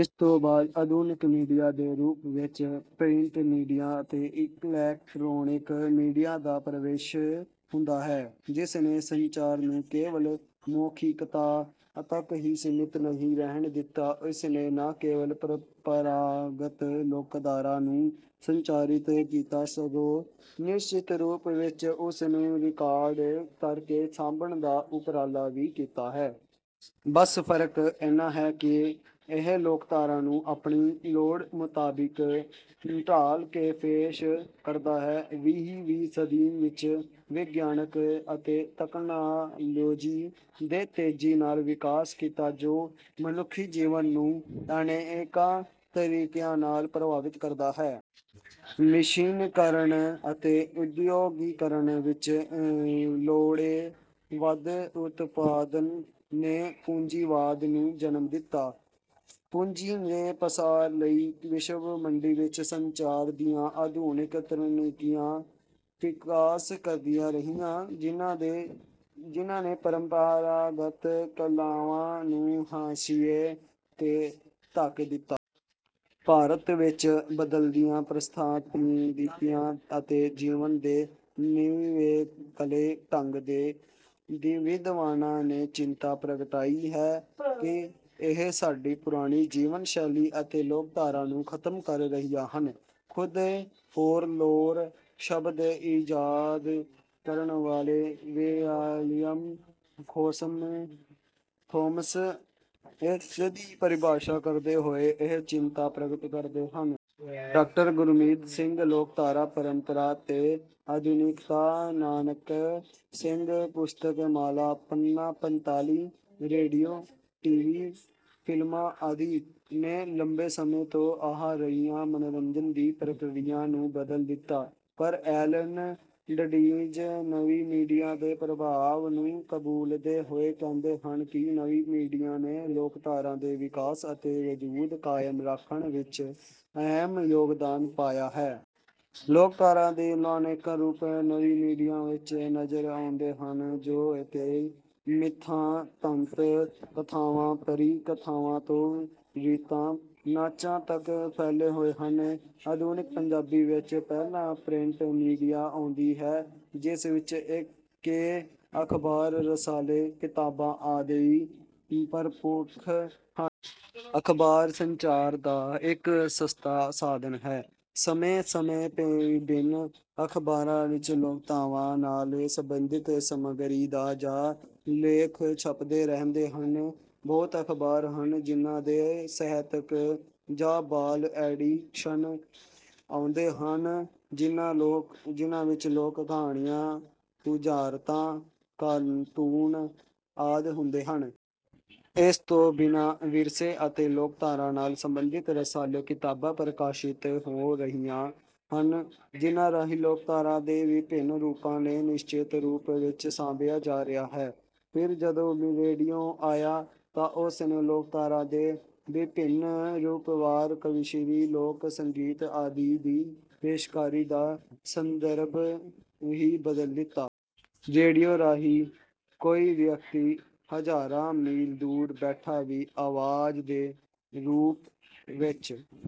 ਇਸਤੋਂ ਬਾਅਦ ਆਧੁਨਿਕ ਮੀਡੀਆ ਦੇ ਰੂਪ ਵਿਚ ਪ੍ਰਿੰਟ ਮੀਡੀਆ ਅਤੇ ਇਲੈਕਟ੍ਰੋਨਕ ਮੀਡੀਆ ਦਾ ਪਰਵੇਸ਼ ਹੁੰਦਾ ਹੈ। ਜਿਸ ਨੇ ਸੰਚਾਰ ਨੂੰ ਕੇਵਲ ਮੌਖਿਕਤਾ ਤੱਕ ਹੀ ਸੀਮਿਤ ਨਹੀਂ ਰਹਿਣ ਦਿੱਤਾ। ਇਸਨੇ ਨਾ ਕੇਵਲ ਪ੍ਰੰਪਰਾਗਤ ਲੋਕਧਾਰਾ ਨੂੰ ਸੰਚਾਰਿਤ ਕੀਤਾ ਸਗੋਂ ਨਿਸ਼ਚਿਤ ਰੂਪ ਵਿੱਚ ਉਸਨੂੰ ਰਿਕਾਰਡ ਕਰਕੇ ਸਾਂਭਣ ਦਾ ਉਪਰਾਲਾ ਵੀ ਕੀਤਾ ਹੈ। ਬਸ ਫ਼ਰਕ ਇਨ੍ਹਾਂ ਹੈ ਕਿ ਇਹ ਲੋਕਧਾਰਾ ਨੂੰ ਆਪਣੀ ਲੋੜ ਮੁਤਾਬਿਕ ਢਾਲ ਕੇ ਪੇਸ਼ ਕਰਦਾ ਹੈ। ਵੀਹ ਵੀਂ ਸਦੀ ਵਿਚ ਵਿਗਿਆਨ ਅਤੇ ਤਕਨਾਲੋਜੀ ਦੇ ਤੇਜ਼ੀ ਨਾਲ ਵਿਕਾਸ ਕੀਤਾ ਜੋ ਮਨੁੱਖੀ ਜੀਵਨ ਨੂੰ ਅਨੇਕਾਂ ਤਰੀਕਿਆਂ ਨਾਲ ਪ੍ਰਭਾਵਿਤ ਕਰਦਾ ਹੈ। ਮਸ਼ੀਨੀਕਰਨ ਅਤੇ ਉਦ੍ਯੋਗੀਕਰਨ ਵਿਚ ਲੋੜੋਂ ਵੱਧ ਉਤਪਾਦਨ ਨੇ ਪੂੰਜੀਵਾਦ ਨੂੰ ਜਨਮ ਦਿੱਤਾ। ਪੂੰਜੀ ਦੇ ਪਸਾਰ ਲਈ ਵਿਸ਼ਵ ਮੰਡੀ ਵਿਚ ਸੰਚਾਰ ਦੀਆਂ ਆਧੁਨਿਕ ਤਕਨੀਕਾਂ ਵਿਕਾਸ ਕਰਦੀਆਂ ਰਹੀਆਂ ਜਿਨ੍ਹਾਂ ਨੇ ਪਰੰਪਰਾਗਤ ਕਲਾਵਾਂ ਨੂੰ ਹਾਸ਼ੀਏ ਤੇ ਧੱਕ ਦਿੱਤਾ। ਆਰੰਭ ਵਿੱਚ ਬਦਲਦੀਆਂ ਪ੍ਰਸਥਿਤੀਆਂ ਅਤੇ ਜੀਵਨ ਦੇ ਨਿਵੇਕਲੇ ਢੰਗ ਤੇ ਵਿਦਵਾਨਾਂ ਨੇ ਚਿੰਤਾ ਪ੍ਰਗਟਾਈ ਹੈ ਕਿ ਇਹ ਸਾਡੀ ਪੁਰਾਣੀ ਜੀਵਨ ਸ਼ੈਲੀ ਅਤੇ ਲੋਕਧਾਰਾ ਨੂੰ ਖ਼ਤਮ ਕਰ ਰਹੀਆਂ ਹਨ। ਖੁਦ ਫੋਕਲੋਰ ਸ਼ਬਦ ਇਜਾਦ ਕਰਨ ਵਾਲੇ ਵਿਲੀਅਮ ਥੋਮਸ ਇਸ ਦੀ ਪਰਿਭਾਸ਼ਾ ਕਰਦੇ ਹੋਏ ਇਹ ਚਿੰਤਾ ਪ੍ਰਗਟ ਕਰਦੇ ਹਨ। ਡਾਕਟਰ ਗੁਰਮੀਤ ਸਿੰਘ, ਲੋਕਧਾਰਾ ਪਰੰਪਰਾ ਤੇ ਆਧੁਨਿਕਤਾ, ਨਾਨਾਕ ਸਿੰਘ ਪੁਸਤਕ ਮਾਲਾ ਪੰਨਾ-ਪੰਤਾਲੀ, ਰੇਡੀਓ, ਟੀ. ਵੀ., ਫਿ਼ਲਮਾਂ ਆਦਿ ਨੇ ਲੰਬੇ ਸਮੇਂ ਤੋਂ ਆ ਰਹੀ ਮਨੋਰੰਜਨ ਦੀ ਪ੍ਰਕਿਰਿਆ ਨੂੰ ਬਦਲ ਦਿੱਤਾ। ਪਰ ਐਲਨ ਡੰਡੀਜ਼ ਨਵੀਂ ਮੀਡੀਆ ਦੇ ਪ੍ਰਭਾਵ ਨੂੰ ਕਬੂਲਦੇ ਹੋਏ ਕਹਿੰਦੇ ਹਨ ਕਿ ਨਵੀਂ ਮੀਡੀਆ ਨੇ ਲੋਕਧਾਰਾ ਦੇ ਵਿਕਾਸ ਅਤੇ ਵਜੂਦ ਕਾਇਮ ਰੱਖਣ ਵਿੱਚ ਅਹਿਮ ਯੋਗਦਾਨ ਪਾਇਆ ਹੈ। ਲੋਕਧਾਰਾ ਦੇ ਅਨੇਕਾਂ ਰੂਪ ਨਵੀਂ ਮੀਡੀਆ ਵਿੱਚ ਨਜ਼ਰ ਆਉਂਦੇ ਹਨ, ਜੋ ਕਿ ਮਿੱਥਾਂ, ਦੰਤ ਕਥਾਵਾਂ, ਪਰੀ ਕਥਾਵਾਂ ਤੋਂ ਰੀਤਾਂ, ਨਾਚਾਂ ਤੱਕ ਫੈਲੇ ਹੋਏ ਹਨ। ਆਧੁਨਿਕ ਪੰਜਾਬੀ ਵਿੱਚ ਪਹਿਲਾਂ ਪ੍ਰਿੰਟ ਮੀਡੀਆ ਆਉਂਦੀ ਹੈ ਜਿਸ ਵਿੱਚ ਕਿ ਅਖ਼ਬਾਰ, ਰਸਾਲੇ, ਕਿਤਾਬਾਂ ਆਦਿੇ ਪਰਮੁੱਖ ਹਨ। ਅਖ਼ਬਾਰ ਸੰਚਾਰ ਦਾ ਇੱਕ ਸਸਤਾ ਸਾਧਨ ਹੈ ਸਮੇਂ ਸਮੇਂ ਵਿਭਿੰਨ ਅਖਬਾਰਾਂ ਵਿੱਚ ਲੋਕਧਾਰਾ ਨਾਲ ਸਬੰਧਿਤ ਸਮੱਗਰੀ ਦਾ ਜਾ ਲੇਖ ਛਪਦੇ ਰਹਿੰਦੇ ਹਨ। ਬਹੁਤ ਅਖ਼ਬਾਰ ਹਨ ਜਿਨ੍ਹਾਂ ਦੇ ਸਾਹਿਤਕ ਜਾਂ ਬਾਲ ਐਡੀਸ਼ਨ ਆਉਂਦੇ ਹਨ, ਜਿਨ੍ਹਾਂ ਵਿੱਚ ਲੋਕ ਕਹਾਣੀਆਂ, ਬੁਝਾਰਤਾਂ, ਕਾਰਟੂਨ ਆਦਿ ਹੁੰਦੇ ਹਨ। ਇਸ ਤੋਂ ਬਿਨ੍ਹਾਂ ਵਿਰਸੇ ਅਤੇ ਲੋਕਧਾਰਾ ਨਾਲ ਸਬੰਧਿਤ ਰਸਾਲੇ, ਕਿਤਾਬਾਂ ਪ੍ਰਕਾਸ਼ਿਤ ਹੋ ਰਹੀਆਂ ਹਨ ਜਿਨ੍ਹਾਂ ਰਾਹੀਂ ਲੋਕਧਾਰਾ ਦੇ ਵਿਭਿੰਨ ਰੂਪਾਂ ਨੂੰ ਨਿਸ਼ਚਿਤ ਰੂਪ ਵਿੱਚ ਸਾਂਭਿਆ ਜਾ ਰਿਹਾ ਹੈ। ਫਿਰ ਜਦੋਂ ਰੇਡੀਓ ਆਇਆ ਤਾਂ ਉਸ ਨੇ ਲੋਕਧਾਰਾ ਦੇ ਵਿਭਿੰਨ ਰੂਪ ਵਾਰ, ਕਵੀਸ਼ਰੀ, ਲੋਕ ਸੰਗੀਤ ਆਦਿ ਦੀ ਪੇਸ਼ਕਾਰੀ ਦਾ ਸੰਦਰਭ ਹੀ ਬਦਲ ਦਿੱਤਾ। ਰੇਡੀਓ ਰਾਹੀਂ ਕੋਈ ਵਿਅਕਤੀ ਹਜ਼ਾਰਾਂ ਮੀਲ ਦੂਰ ਬੈਠਾ ਵੀ ਆਵਾਜ਼ ਦੇ ਰੂਪ ਵਿੱਚ